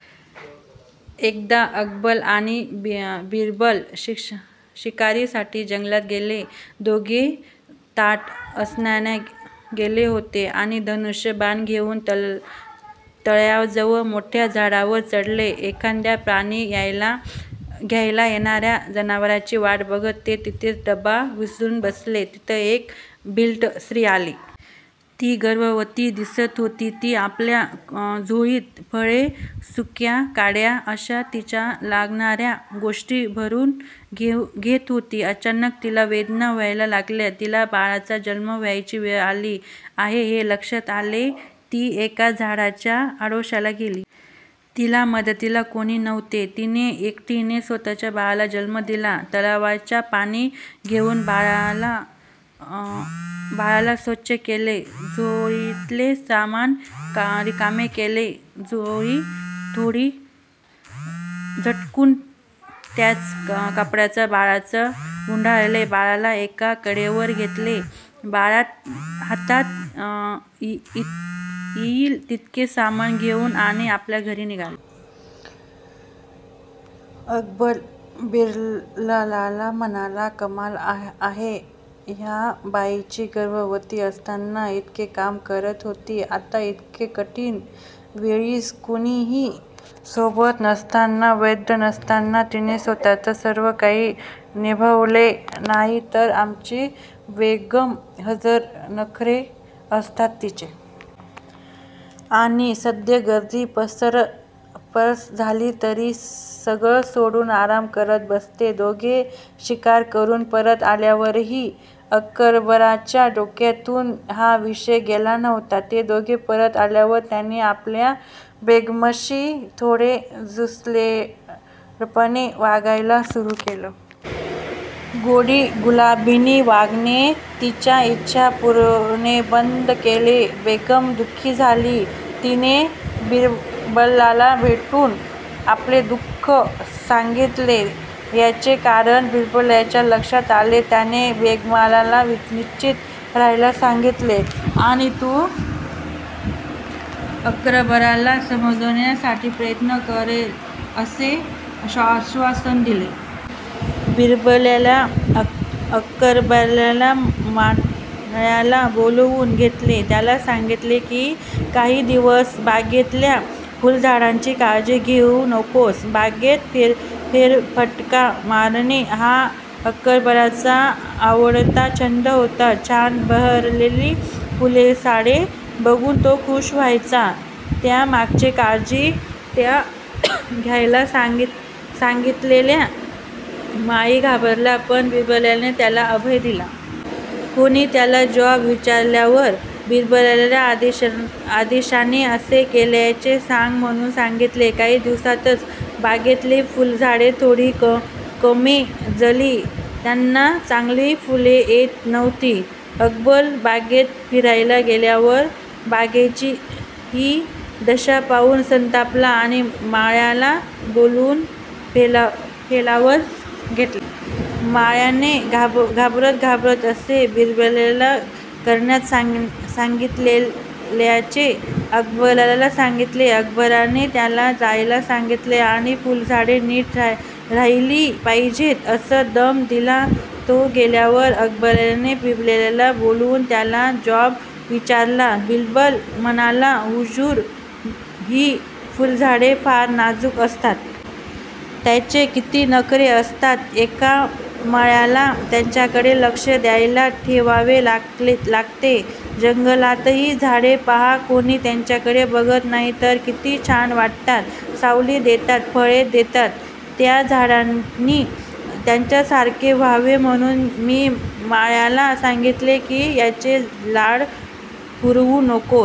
एकदा अकबर आणि बिरबल शिकारीसाठी जंगलात गेले. दोघे दाट अरण्यात गेले होते आणि धनुष्य बाण घेऊन तलावाजवळ मोठ्या झाडावर चढले. एखाद्या पाणी प्यायला येणाऱ्या जनावराची वाट बघत ते तिथेच दबा धरून बसले. तिथे एक भिल्ल स्त्री आली. ती गर्भवती दिसत होती. ती आपल्या झोळीत फळे, सुक्या काड्या अशा तिला लागणाऱ्या गोष्टी भरून घेत होती. अचानक तिला वेदना व्हायला लागल्या. तिला बाळाचा जन्म व्हायची वेळ झाली आहे हे लक्षात आले. ती एका झाडाच्या आडोशाला गेली. तिला मदतीला कोणी नव्हते. तिने एकटीने स्वतःच बाळाला जन्म दिला. तलावातले पाणी घेऊन बाळाला स्वच्छ केले. झोळीतले सामान रिकामे केले, झोळी थोडी झटकून त्याच कपड्यात बाळाला गुंडाळले. बाळाला एका कडेवर घेतले, हातात येईल तितके सामान घेतले आणि आपल्या घरी निघाली. अकबर बिरबलाला म्हणाला. कमाल आहे या बाईची. गर्भवती असताना इतके काम करत होती. आणि इतक्या कठीण वेळी कोणीही सोबत नसताना, वैद्य नसताना तिने स्वतःच सर्व काही निभावले. नाही तर आमची बेगम. हजार नखरे असतात तिचे. आणि साधं सर्दी पडसं झालं तरी सगळं सोडून आराम करत बसते. दोघे शिकार करून परत आल्यावरही अकबराच्या डोक्यातुन हा विषय गेला नव्हता. ते दोघे परत आल्यावर त्याने आपल्या बेगमशी थोडे तुसडेपणाने वागायला सुरु केले. गोडीगुलाबीने वागणे, तिच्या इच्छा पुरवणे बंद केले. बेगम दुःखी झाली. तिने बिरबलाला भेटून आपले दुःख सांगितले. ह्याचे कारण बिरबलाच्या लक्षात आले. त्याने बेगमला निश्चित राहायला सांगितले आणि तो अकबराला समजावण्याचा प्रयत्न करेल असे आश्वासन दिले. बिरबलाने अकबराच्या माळ्याला बोलावुन घेतले. त्याला सांगितले कि काही दिवस बागेतल्या फुलझाडांची काळजी घेऊ नकोस. बागेत फेरफटका मारणे हा अकबराचा आवडता छंद होता. छान बहरलेली फुलझाडे बघुन तो खुश व्हायचा. त्या बागेची काळजी नाही घ्यायला सांगितल्याने माळी घाबरला, पण बिरबलाने त्याला अभय दिले. त्याला कोणी जाब विचारल्यावर बिरबलाच्या आदेशाने असे केल्याचे सांग म्हणुन सांगितले. काही दिवसातच बागेतली फुलझाडे थोडी कोमेजली. त्यांना चांगली फुले येत नव्हती. अकबर बागेत फिरायला गेल्यावर बागेची हि दशा पाहुन संतापला आणि माळ्याला बोलावून फैलावर घेतले. माळ्याने घाबरत घाबरत असे बिरबलाने करायला सांगितल्याचे अकबराला सांगितले. अकबराने त्याला जायला सांगितले आणि फुलझाडे नीट राहिली पाहिजेत असा दम दिला. तो गेल्यावर अकबराने बिरबलाला बोलावुन त्याला जाब विचारला. बिरबल म्हणाला हुजूर, हि फुलझाडे फारच नाजुक असतात. त्यांचे किती नखरे असतात. एका माळ्याला त्यांच्याकडे लक्ष द्यायला ठेवावे लागते. जंगलातली झाडे पहा. कोणी त्यांच्याकडे बघत नाही तरी किती छान वाढतात, सावली देतात, फळे देतात. ह्या झाडांनी त्यांच्यासारखे व्हावे म्हणुन मी माळ्याला सांगितले कि ह्यांचे लाड पुरवू नकोस.